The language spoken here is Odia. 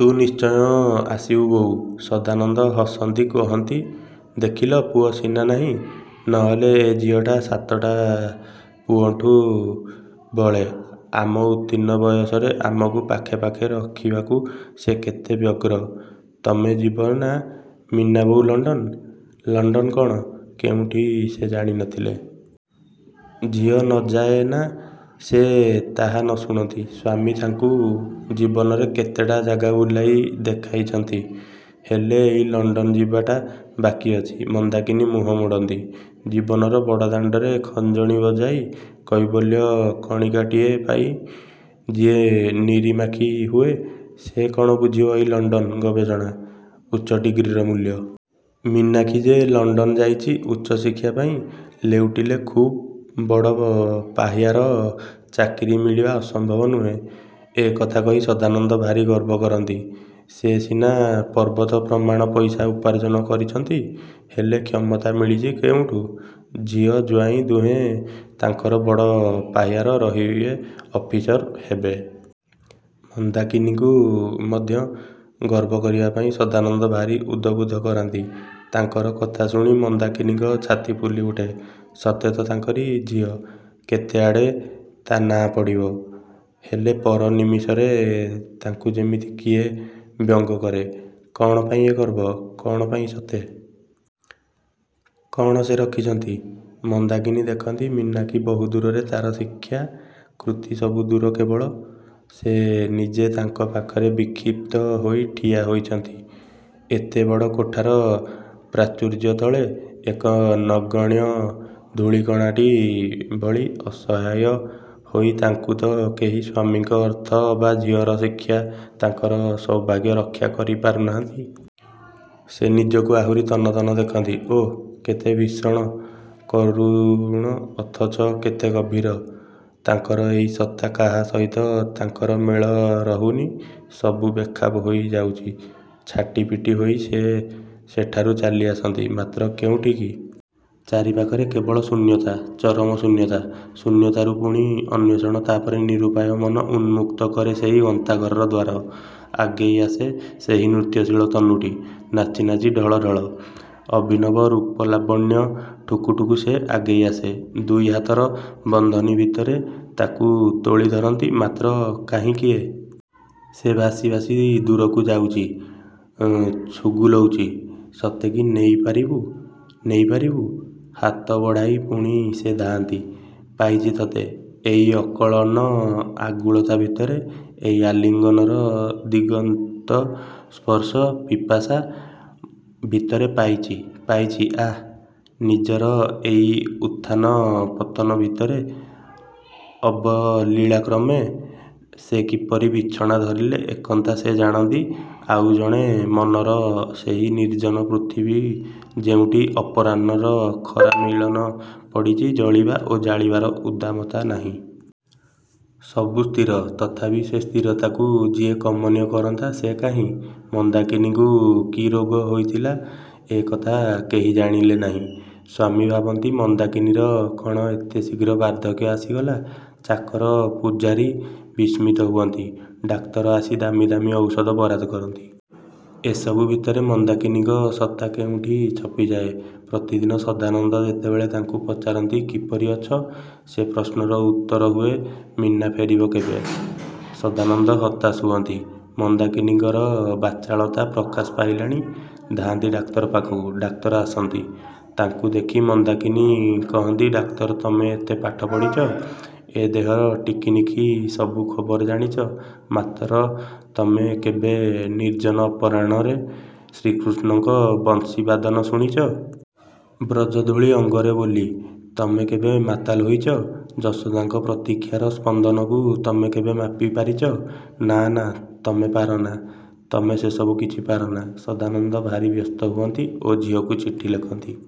ତୁ ନିଶ୍ଚୟ ଆସିବୁ ବୋଉ। ସଦାନନ୍ଦ ହସନ୍ତି କହନ୍ତି ଦେଖିଲ ପୁଅ ସିନା ନାହିଁ ନହେଲେ ଏ ଝିଅଟା ସାତଟା ପୁଅଠୁଁ ବଳେ। ଆମ ଉତ୍ତୀର୍ଣ୍ଣ ବୟସରେ ଆମକୁ ପାଖେ ପାଖେ ରଖିବାକୁ ସେ କେତେ ବ୍ୟଗ୍ର। ତମେ ଯିବ ନାଁ ମୀନାବୋଉ ଲଣ୍ଡନ? ଲଣ୍ଡନ କଣ କେଉଁଠି ସେ ଜାଣି ନ ଥିଲେ। ଝିଅ ନ ଯାଏ ନାଁ ସେ ତାହା ନ ଶୁଣନ୍ତି। ସ୍ୱାମୀ ତାଙ୍କୁ ଜୀବନରେ କେତେଟା ଜାଗା ବୁଲାଇ ଦେଖାଇଛନ୍ତି ହେଲେ ଏଇ ଲଣ୍ଡନ ଯିବାଟା ବାକି ଅଛି। ମନ୍ଦାକିନୀ ମୁହଁ ମୋଡ଼ନ୍ତି। ଜୀବନର ବଡ଼ଦାଣ୍ଡରେ ଖଞ୍ଜଣି ବଜାଇ କୈବଲ୍ୟ କଣିକାଟିଏ ପାଇଁ ଯିଏ ନିରିମାଖି ହୁଏ ସେ କଣ ବୁଝିବ ଏଇ ଲଣ୍ଡନ ଗବେଷଣା ଉଚ୍ଚ ଡିଗ୍ରୀର ମୂଲ୍ୟ? ମୀନାକ୍ଷୀ ଯେ ଲଣ୍ଡନ ଯାଇଚି ଉଚ୍ଚଶିକ୍ଷା ପାଇଁ ଲେଉଟିଲେ ଖୁବ୍ ବଡ଼ ପାହ୍ୟାର ଚାକିରି ମିଳିବା ଅସମ୍ଭବ ନୁହେଁ। ଏ କଥା କହି ସଦାନନ୍ଦ ଭାରୀ ଗର୍ବକରନ୍ତି। ସେ ସିନା ପର୍ବତ ପ୍ରମାଣ ପଇସା ଉପାର୍ଜନ କରିଚନ୍ତି ହେଲେ କ୍ଷମତା ମିଳିଛି କେଉଁଠୁ? ଝିଅ ଜ୍ଵାଇଁ ଦୁହେଁ ତାଙ୍କର ବଡ଼ ପାହ୍ୟାର ରହିବେ ଅଫିସର ହେବେ। ମନ୍ଦାକିନୀଙ୍କୁ ମଧ୍ୟ ଗର୍ବ କରିବାପାଇଁ ସଦାନନ୍ଦ ଭାରୀ ଉଦବୁଦ୍ଧ କରାନ୍ତି। ତାଙ୍କର କଥା ଶୁଣି ମନ୍ଦାକିନୀଙ୍କ ଛାତି ଫୁଲିଉଠେ। ସତେ ତ ତାଙ୍କରି ଝିଅ କେତେଆଡ଼େ ତା ନାଁ ପଡ଼ିବ। ହେଲେ ପର ନିମିଷରେ ତାଙ୍କୁ ଯେମିତି କିଏ ବ୍ୟଙ୍ଗ କରେ। କଣ ପାଇଁ ଏ ଗର୍ବ କଣ ପାଇଁ ସତେ? କଣ ସେ ରଖିଚନ୍ତି? ମନ୍ଦାକିନୀ ଦେଖନ୍ତି ମୀନାକ୍ଷୀ ବହୁ ଦୂରରେ ତାର ଶିକ୍ଷା କୃତି ସବୁ ଦୂର କେବଳ ସେ ନିଜେ ତାଙ୍କ ପାଖରେ ବିକ୍ଷିପ୍ତ ହୋଇ ଠିଆ ହୋଇଚନ୍ତି। ଏତେ ବଡ଼ କୋଠାର ପ୍ରାଚୁର୍ଯ୍ୟତଳେ ଏକ ନଗଣ୍ୟ ଧୂଳିକଣାଟି ଭଳି ଅସହାୟ ହୋଇ ତାଙ୍କୁ ତ କେହି ସ୍ୱାମୀଙ୍କ ଅର୍ଥ ଅବା ଝିଅର ଶିକ୍ଷା ତାଙ୍କର ସୌଭାଗ୍ୟ ରକ୍ଷା କରି ପାରୁ ନାହାନ୍ତି। ସେ ନିଜକୁ ଆହୁରି ତନ୍ନ ତନ୍ନ ଦେଖନ୍ତି। ଓଃ କେତେ ଭୀଷଣ କରୁଣ ଅଥଚ କେତେ ଗଭୀର। ତାଙ୍କର ଏଇ ସତ୍ତା କାହା ସହିତ ତାଙ୍କର ମେଳ ରହୁନି ସବୁ ବେଖାପ ହୋଇ ଯାଉଚି। ଛାଟି ପିଟି ହୋଇ ସେ ସେଠାରୁ ଚାଲିଆସନ୍ତି ମାତ୍ର କେଉଁଠିକି? ଚାରିପାଖରେ କେବଳ ଶୂନ୍ୟତା ଚରମଶୂନ୍ୟତା । ଶୂନ୍ୟତାରୁ ପୁଣି ଅନ୍ୱେଷଣ ତାପରେ ନିରୂପାୟ ମନ ଉନ୍ମୁକ୍ତ କରେ ସେହି ଗନ୍ତାଘରର ଦ୍ୱାର। ଆଗେଇ ଆସେ ସେହି ନୃତ୍ୟଶୀଳ ତନୁଟି। ନାଚି ନାଚି ଢଳ ଢଳ ଅଭିନବ ରୂପଲାବଣ୍ୟ ଠୁକୁ ଠୁକୁ ସେ ଆଗେଇ ଆସେ। ଦୁଇହାତର ବନ୍ଧନୀଭିତରେ ତାକୁ ତୋଳି ଧରନ୍ତି ମାତ୍ର କାହିଁ କିଏ? ସେ ଭାସି ଭାସି ଦୂରକୁ ଯାଉଚି। ଛୁଗୁଲଉଚି ସତେକି ନେଇପାରିବୁ? ନେଇପାରିବୁ? ହାତ ବଢ଼ାଇ ପୁଣି ସେ ଧାଆଁନ୍ତି। ପାଇଚି ତତେ ଏଇ ଅକଳନ ଆଗୁଳତା ଭିତରେ ଏଇ ଆଲିଙ୍ଗନର ଦିଗନ୍ତସ୍ପର୍ଶ ପିପାସା ଭିତରେ ପାଇଚି ପାଇଚି ଆଃ ନିଜର ଏଇ ଉତଥାନ ପତନ ଭିତରେ ଅବଲିଳାକ୍ରମେ ସେ କିପରି ବିଛଣା ଧରିଲେ ଏକଥା ସେ ଜାଣନ୍ତି ଆଉ ଜଣେ ମନର ସେହି ନିର୍ଜନ ପୃଥିବୀ ଯେଉଁଠି ଅପରାହ୍ନଣର ଖରା ମଳିନ ପଡ଼ିଚି ଜଳିବା ଓ ଜାଳିବାର ଉଦ୍ଦାମତା ନାହିଁ। ସବୁ ସ୍ଥିର ତଥାପି ସେ ସ୍ଥିରତାକୁ ଯିଏ କମନୀୟ କରନ୍ତା ସେ କାହିଁ? ମନ୍ଦାକିନୀଙ୍କୁ କି ରୋଗ ହୋଇଥିଲା ଏ କଥା କେହି ଜାଣିଲେ ନାହିଁ। ସ୍ଵାମୀ ଭାବନ୍ତି ମନ୍ଦାକିନୀର କଣ ଏତେ ଶୀଘ୍ର ବାର୍ଦ୍ଧକ୍ୟ ଆସିଗଲା? ଚାକର ପୁଝାରୀ ବିସ୍ମିତ ହୁଅନ୍ତି ଡାକ୍ତର ଆସି ଦାମି ଦାମି ଔଷଧ ବରାଦ କରନ୍ତି। ଏସବୁ ଭିତରେ ମନ୍ଦାକିନୀଙ୍କ ସତ୍ତା କେଉଁଠି ଛପିଯାଏ ପ୍ରତିଦିନ ସଦାନନ୍ଦ ଯେତେବେଳେ ତାଙ୍କୁ ପଚାରନ୍ତି କିପରି ଅଛ? ସେ ପ୍ରଶ୍ନର ଉତ୍ତର ହୁଏ ମୀନା ଫେରିବ କେବେ? ସଦାନନ୍ଦ ହତାଶ ହୁଅନ୍ତି। ମନ୍ଦାକିନୀଙ୍କର ବାଚାଳତା ପ୍ରକାଶ ପାଇଲାଣି ଧାଆଁନ୍ତି ଡାକ୍ତର ପାଖକୁ ଡାକ୍ତର ଆସନ୍ତି। ତାଙ୍କୁ ଦେଖି ମନ୍ଦାକିନୀ କହନ୍ତି ଡାକ୍ତର ତମେ ଏତେ ପାଠ ପଢ଼ିଚ ଏ ଦେହର ଟିକିନିଖି ସବୁ ଖବର ଜାଣିଚ ମାତ୍ର ତମେ କେବେ ନିର୍ଜନ ଅପରାହ୍ନଣରେ ଶ୍ରୀକୃଷ୍ଣଙ୍କ ବଂଶୀବାଦନ ଶୁଣିଚ? ବ୍ରଜଧୂଳି ଅଙ୍ଗରେ ବୋଲି ତମେ କେବେ ମାତାଲ୍ ହୋଇଚ? ଯଶୋଦାଙ୍କ ପ୍ରତୀକ୍ଷାର ସ୍ପନ୍ଦନକୁ ତମେ କେବେ ମାପି ପାରିଚ? ନାଁ ନାଁ ତମେ ପାରନା ତମେ ସେସବୁ କିଛି ପାରନା । ସଦାନନ୍ଦ ଭାରୀ ବ୍ୟସ୍ତ ହୁଅନ୍ତି ଓ ଝିଅକୁ ଚିଠି ଲେଖନ୍ତି ।